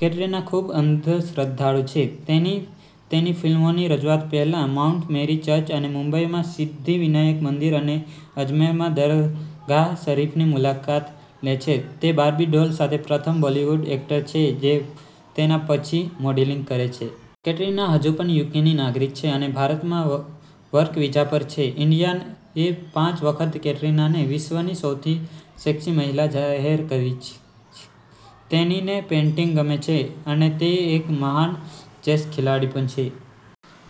કેટરિના ખૂબઅંધશ્રદ્ધાળુ છે. તેણી તેની ફિલ્મોની રજૂઆત પહેલા માઉન્ટ મેરી ચર્ચ અને મુંબઈમાં સિદ્ધિવનાયક મંદિર અને અજમેરમાં દરગાહ શરીફની મુલાકાત લે છે. તે બાર્બી ડોલ સાથે પ્રથમ બોલિવૂડ એક્ટર છે જે તેના પછી મોડલિંગ કરે છે. કેટરિના હજુ પણ યુકેની નાગરિક છે અને ભારતમાં વર્ક વિઝા પર છે. ઈન્ડિયાએ પાંચ વખત કેટરિનાને "વિશ્વની સૌથી સેક્સી મહિલા" જાહેર કરી. તેણીને પેઇન્ટિંગ ગમે છે અને તે એક મહાન ચેસ ખેલાડી પણ છે.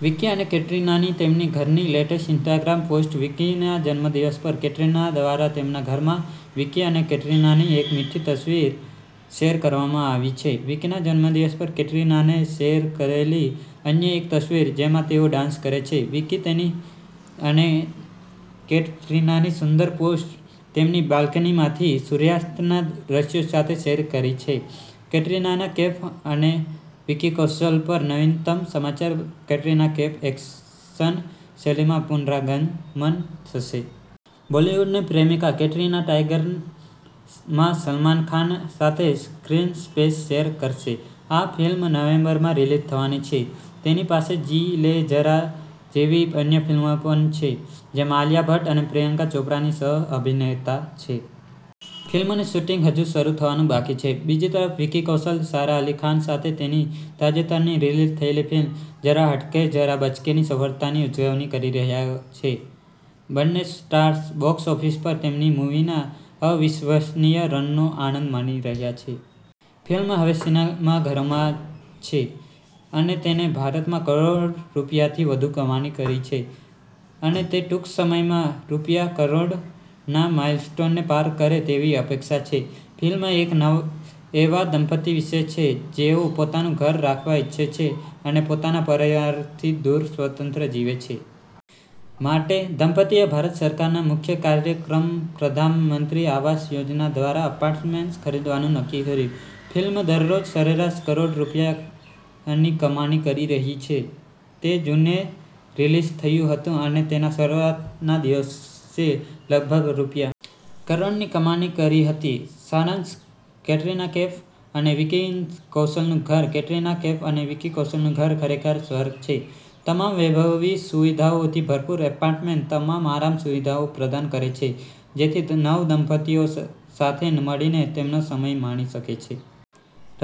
વિકી અને કેટરિનાની તેમના ઘરની લેટેસ્ટ ઇન્સ્ટાગ્રામ પોસ્ટ્સ વિકીના જન્મદિવસ પર કેટરિના દ્વારા તેમના ઘરમાં વિકી અને કેટરિનાની એક મીઠી તસવીર શેર કરવામાં આવી છે વિકીના જન્મદિવસ પર કેટરિનાએ શેર કરેલી અન્ય એક તસવીર જેમાં તેઓ ડાન્સ કરે છે વિકીએ તેની અને કેટરિનાનીસુંદર પોસ્ટ તેમની બાલ્કનીમાંથી સૂર્યાસ્તના દૃશ્ય સાથે શેર કરી છે કેટરિના કૈફ અને વિકી કૌશલ પર નવીનતમ સમાચાર કેટરિના કૈફ એક્શન શૈલીમાં પુનરાગમન કરશે. બોલિવૂડની પ્રેમિકા, કેટરિના, ટાઇગર માં સલમાન ખાન સાથે સ્ક્રીન સ્પેસ શેર કરશે. આ ફિલ્મ નવેમ્બરમાં રીલિઝ થવાની છે. તેની પાસે જી લે ઝરા જેવી અન્ય ફિલ્મો પણ છે, જેમાં આલિયા ભટ્ટ અને પ્રિયંકા ચોપરાની સહ-અભિનેતા છે. ફિલ્મનું શૂટિંગ હજુ શરૂ થવાનું બાકી છે. બીજી તરફ, વિકી કૌશલ સારા અલી ખાન સાથે તેની તાજેતરની રિલીઝ થયેલી ફિલ્મ "જરા હટકે જરા બચકે"ની સફળતાની ઉજવણી કરી રહ્યો છે. બંને સ્ટાર્સ બોક્સ ઓફિસ પર તેમની મૂવીના અવિશ્વસનીય રનનો આનંદ માણી રહ્યા છે. ફિલ્મ હવે સિનેમાઘરોમાં છે અને તેણે ભારતમાં કરોડ રૂપિયાથી વધુની કમાણી કરી છે. અને તે ટૂંક સમયમાં રૂ. કરોડના માઈલસ્ટોનને પાર કરે તેવી અપેક્ષા છે. ફિલ્મ એક એવા દંપતી વિશે છે જેઓ પોતાનું ઘર રાખવા ઈચ્છે છે અને પોતાના પરિવારથી દૂર સ્વતંત્ર રીતે જીવે છે. માટે, દંપતિએ ભારત સરકારના મુખ્ય કાર્યક્રમપ્રધાનમંત્રી આવાસ યોજના દ્વારા એપાર્ટમેન્ટ ખરીદવાનું નક્કી કર્યું. ફિલ્મ દરરોજ સરેરાશ કરોડ રૂપિયાની કમાણી કરી રહી છે. તે જૂને રિલીઝ થયું હતું અને તેના શરૂઆતના દિવસે લગભગ રૂ. કરોડની કમાણી કરી હતી. સારાંશકેટરિના કૈફ અને વિકી કૌશલનું ઘર કેટરીના કૈફ અને વિકી કૌશલનું ઘર ખરેખર સ્વર્ગ છે. તમામ વૈભવી સુવિધાઓથી ભરપૂર, એપાર્ટમેન્ટ તમામ આરામ સુવિધાઓ પ્રદાન કરે છે જેથી નવદંપતિઓ સાથે મળીને તેમનો સમય માણી શકે.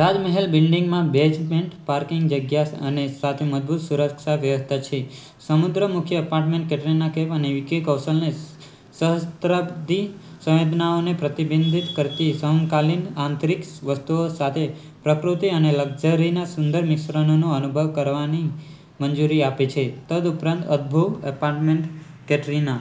રાજમહેલ બિલ્ડિંગમાં બેઝમેન્ટ પાર્કિંગની જગ્યા અને સાથે મજબૂત સુરક્ષા વ્યવસ્થા છે. સમુદ્ર-મુખી એપાર્ટમેન્ટ કેટરિના કૈફ અને વિકી કૌશલને સહસ્ત્રાબ્દી સંવેદનાઓને પ્રતિબિંબિત કરતી સમકાલીન આંતરિક વસ્તુઓ સાથે પ્રકૃતિ અને લક્ઝરીના સુંદર મિશ્રણનો અનુભવ કરવાની મંજૂરી આપે છે. તદુપરાંત, અદભૂત એપાર્ટમેન્ટ કેટરિના